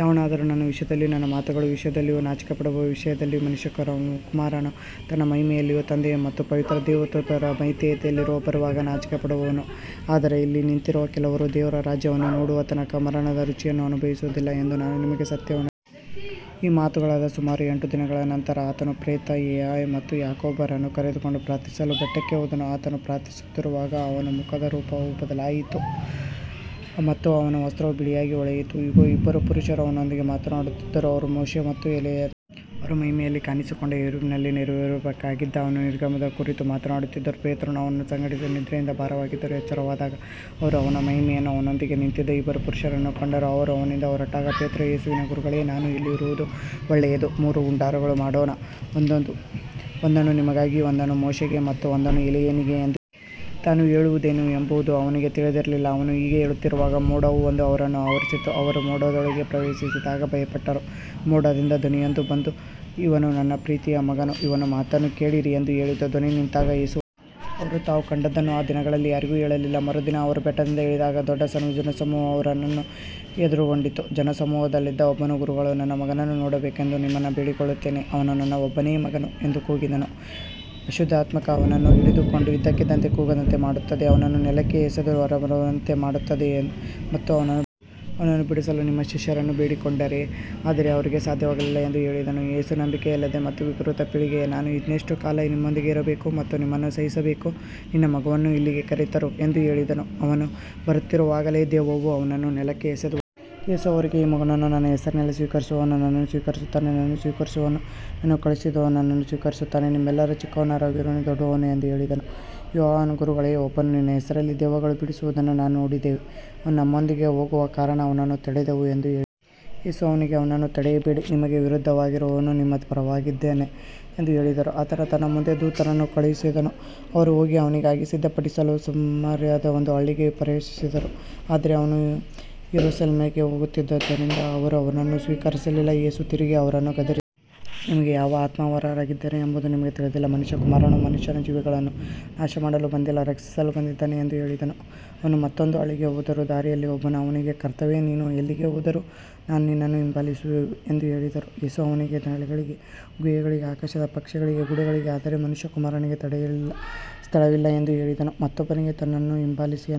ಯಾವನಾದರೂ ನನ್ನ ವಿಷಯದಲ್ಲಿಯೂ ನನ್ನ ಮಾತುಗಳ ವಿಷಯದಲ್ಲಿಯೂ ನಾಚಿಕೆಪಡುವವನ ವಿಷಯದಲ್ಲಿ ಮನುಷ್ಯಕುಮಾರನು ತನ್ನ ಮಹಿಮೆಯಲ್ಲಿಯೂ ತಂದೆಯ ಮತ್ತು ಪವಿತ್ರ ದೇವದೂತರ ಮಹಿಮೆಯಲ್ಲಿಯೂ ಬರುವಾಗ ನಾಚಿಕೆಪಡುವನು. ಆದರೆ ಇಲ್ಲಿ ನಿಂತಿರುವ ಕೆಲವರು ದೇವರ ರಾಜ್ಯವನ್ನು ನೋಡುವ ತನಕ ಮರಣದ ರುಚಿಯನ್ನು ಅನುಭವಿಸುವುದಿಲ್ಲ ಎಂದು ನಾನು ನಿಮಗೆ ಸತ್ಯವಾಗಿ ಹೇಳುತ್ತೇನೆ. ಈ ಮಾತುಗಳಾದ ಸುಮಾರು ಎಂಟು ದಿನಗಳ ನಂತರ ಆತನು ಪೇತ್ರ, ಯೋಹಾನ ಮತ್ತು ಯಾಕೋಬರನ್ನು ಕರೆದುಕೊಂಡು ಪ್ರಾರ್ಥಿಸಲು ಬೆಟ್ಟಕ್ಕೆ ಹೋದನು. ಆತನು ಪ್ರಾರ್ಥಿಸುತ್ತಿರುವಾಗ ಅವನ ಮುಖದ ರೂಪವು ಬದಲಾಯಿತು ಮತ್ತು ಅವನ ವಸ್ತ್ರವು ಬಿಳಿಯಾಗಿ ಹೊಳೆಯಿತು. ಇಗೋ, ಇಬ್ಬರು ಪುರುಷರು ಅವನೊಂದಿಗೆ ಮಾತನಾಡುತ್ತಿದ್ದರು. ಅವರು ಮೋಶೆ ಮತ್ತು ಎಲೀಯರಾಗಿದ್ದರು. ಅವರು ಮಹಿಮೆಯಲ್ಲಿ ಕಾಣಿಸಿಕೊಂಡು ಯೆರೂಸಲೇಮಿನಲ್ಲಿ ನೆರವೇರಬೇಕಾಗಿದ್ದ ಅವನ ನಿರ್ಗಮನದ ಕುರಿತು ಮಾತನಾಡುತ್ತಿದ್ದರು. ಪೇತ್ರನೂ ಅವನ ಸಂಗಡಿಗರೂ ನಿದ್ರೆಯಿಂದ ಭಾರವಾಗಿದ್ದರು. ಎಚ್ಚರವಾದಾಗ ಅವರು ಅವನ ಮಹಿಮೆಯನ್ನೂ ಅವನೊಂದಿಗೆ ನಿಂತಿದ್ದ ಇಬ್ಬರು ಪುರುಷರನ್ನೂ ಕಂಡರು. ಅವರು ಅವನಿಂದ ಹೊರಟಾಗ ಪೇತ್ರನು ಯೇಸುವಿಗೆ, ಗುರುಗಳೇ, ನಾವು ಇಲ್ಲಿರುವುದು ಒಳ್ಳೆಯದು. ಮೂರು ಗುಡಾರಗಳನ್ನು ಮಾಡೋಣ, ಒಂದನ್ನು ನಿಮಗಾಗಿ, ಒಂದನ್ನು ಮೋಶೆಗೆ ಮತ್ತು ಒಂದನ್ನು ಎಲೀಯನಿಗೆ ಎಂದು ಹೇಳಿದನು. ತಾನು ಹೇಳುವುದೇನು ಎಂಬುದು ಅವನಿಗೆ ತಿಳಿದಿರಲಿಲ್ಲ. ಅವನು ಹೀಗೆ ಹೇಳುತ್ತಿರುವಾಗ ಮೋಡವು ಬಂದು ಅವರನ್ನು ಆವರಿಸಿತು. ಅವರು ಮೋಡದೊಳಗೆ ಪ್ರವೇಶಿಸಿದಾಗ ಭಯಪಟ್ಟರು. ಮೋಡದಿಂದ ಧ್ವನಿಯೊಂದು ಬಂದು, ಇವನು ನನ್ನ ಪ್ರೀತಿಯ ಮಗನು, ಇವನ ಮಾತನ್ನು ಕೇಳಿರಿ ಎಂದು ಹೇಳಿತು. ಧ್ವನಿ ನಿಂತಾಗ ಯೇಸು ಒಬ್ಬನೇ ಕಂಡನು. ಅವರು ತಾವು ಕಂಡದ್ದನ್ನು ಆ ದಿನಗಳಲ್ಲಿ ಯಾರಿಗೂ ಹೇಳಲಿಲ್ಲ. ಮರುದಿನ ಅವರು ಬೆಟ್ಟದಿಂದ ಇಳಿದಾಗ ದೊಡ್ಡ ಜನಸಮೂಹವು ಅವನನ್ನು ಎದುರುಗೊಂಡಿತು. ಜನಸಮೂಹದಲ್ಲಿದ್ದ ಒಬ್ಬನು, ಗುರುಗಳೇ, ನನ್ನ ಮಗನನ್ನು ನೋಡಬೇಕೆಂದು ನಿಮ್ಮನ್ನು ಬೇಡಿಕೊಳ್ಳುತ್ತೇನೆ, ಅವನು ನನ್ನ ಒಬ್ಬನೇ ಮಗನು ಎಂದು ಕೂಗಿದನು. ಅಶುದ್ಧಾತ್ಮವು ಅವನನ್ನು ಹಿಡಿದುಕೊಂಡು ಇದ್ದಕ್ಕಿದ್ದಂತೆ ಕೂಗುವಂತೆ ಮಾಡುತ್ತದೆ, ಅವನನ್ನು ನೆಲಕ್ಕೆ ಎಸೆದು ನೊರೆಬರುವಂತೆ ಮಾಡುತ್ತದೆ ಮತ್ತು ಅವನನ್ನು ಬಿಡುವುದಿಲ್ಲ. ಅವನನ್ನು ಬಿಡಿಸಲು ನಿಮ್ಮ ಶಿಷ್ಯರನ್ನು ಬೇಡಿಕೊಂಡೆ, ಆದರೆ ಅವರಿಗೆ ಸಾಧ್ಯವಾಗಲಿಲ್ಲ ಎಂದು ಹೇಳಿದನು. ಯೇಸು, ನಂಬಿಕೆಯಿಲ್ಲದ ಮತ್ತು ವಿಕೃತ ಪೀಳಿಗೆಯೇ, ನಾನು ಇನ್ನೆಷ್ಟು ಕಾಲ ನಿಮ್ಮೊಂದಿಗೆ ಇರಬೇಕು ಮತ್ತು ನಿಮ್ಮನ್ನು ಸಹಿಸಬೇಕು? ನಿನ್ನ ಮಗನನ್ನು ಇಲ್ಲಿಗೆ ಕರೆತರು ಎಂದು ಹೇಳಿದನು. ಅವನು ಬರುತ್ತಿರುವಾಗಲೇ ದೆವ್ವವು ಅವನನ್ನು ನೆಲಕ್ಕೆ ಎಸೆದು ಒದ್ದಾಡಿಸಿತು. ಯೇಸು ಅವರಿಗೆ, ಈ ಮಗುವನ್ನು ನನ್ನ ಹೆಸರಿನಲ್ಲಿ ಸ್ವೀಕರಿಸುವವನು ನನ್ನನ್ನು ಸ್ವೀಕರಿಸುತ್ತಾನೆ, ನನ್ನನ್ನು ಸ್ವೀಕರಿಸುವವನು ನನ್ನನ್ನು ಕಳುಹಿಸಿದವನನ್ನು ಸ್ವೀಕರಿಸುತ್ತಾನೆ. ನಿಮ್ಮೆಲ್ಲರಲ್ಲಿ ಚಿಕ್ಕವನಾಗಿರುವವನೇ ದೊಡ್ಡವನು ಎಂದು ಹೇಳಿದನು. ಯೋಹಾನನು, ಗುರುಗಳೇ, ಒಬ್ಬನು ನಿನ್ನ ಹೆಸರಿನಲ್ಲಿ ದೆವ್ವಗಳನ್ನು ಬಿಡಿಸುವುದನ್ನು ನಾವು ನೋಡಿದೆವು. ಅವನು ನಮ್ಮೊಂದಿಗೆ ಹೋಗದ ಕಾರಣ ಅವನನ್ನು ತಡೆದೆವು ಎಂದು ಹೇಳಿದನು. ಯೇಸು ಅವನಿಗೆ, ಅವನನ್ನು ತಡೆಯಬೇಡಿ, ನಿಮಗೆ ವಿರುದ್ಧವಾಗಿರದವನು ನಿಮ್ಮ ಪರವಾಗಿದ್ದಾನೆ ಎಂದು ಹೇಳಿದನು. ಆತನು ತನ್ನ ಮುಂದೆ ದೂತರನ್ನು ಕಳುಹಿಸಿದನು. ಅವರು ಹೋಗಿ ಅವನಿಗಾಗಿ ಸಿದ್ಧಪಡಿಸಲು ಸಮಾರ್ಯದ ಒಂದು ಹಳ್ಳಿಗೆ ಪ್ರವೇಶಿಸಿದರು. ಆದರೆ ಅವನು ಯೆರೂಸಲೇಮಿಗೆ ಹೋಗುತ್ತಿದ್ದುದರಿಂದ ಅವರು ಅವನನ್ನು ಸ್ವೀಕರಿಸಲಿಲ್ಲ. ಯೇಸು ತಿರುಗಿ ಅವರನ್ನು ಗದರಿಸಿದನು. ನಿಮಗೆ ಯಾವ ಆತ್ಮದವರಾಗಿದ್ದೀರಿ ಎಂಬುದು ನಿಮಗೆ ತಿಳಿದಿಲ್ಲ. ಮನುಷ್ಯಕುಮಾರನು ಮನುಷ್ಯರ ಜೀವಗಳನ್ನು ನಾಶಮಾಡಲು ಬಂದಿಲ್ಲ, ರಕ್ಷಿಸಲು ಬಂದಿದ್ದಾನೆ ಎಂದು ಹೇಳಿದನು. ಅವರು ಮತ್ತೊಂದು ಹಳ್ಳಿಗೆ ಹೋದರು. ದಾರಿಯಲ್ಲಿ ಒಬ್ಬನು ಅವನಿಗೆ, ಕರ್ತನೇ, ನೀನು ಎಲ್ಲಿಗೆ ಹೋದರೂ ನಾನು ನಿನ್ನನ್ನು ಹಿಂಬಾಲಿಸುವೆನು ಎಂದು ಹೇಳಿದನು. ಯೇಸು ಅವನಿಗೆ, ನರಿಗಳಿಗೆ ಗುಹೆಗಳಿವೆ, ಆಕಾಶದ ಪಕ್ಷಿಗಳಿಗೆ ಗೂಡುಗಳಿವೆ, ಆದರೆ ಮನುಷ್ಯಕುಮಾರನಿಗೆ ತಲೆಯಿಡಲು ಸ್ಥಳವಿಲ್ಲ ಎಂದು ಹೇಳಿದನು. ಮತ್ತೊಬ್ಬನಿಗೆ, ನನ್ನನ್ನು ಹಿಂಬಾಲಿಸು ಎಂದು ಹೇಳಿದನು.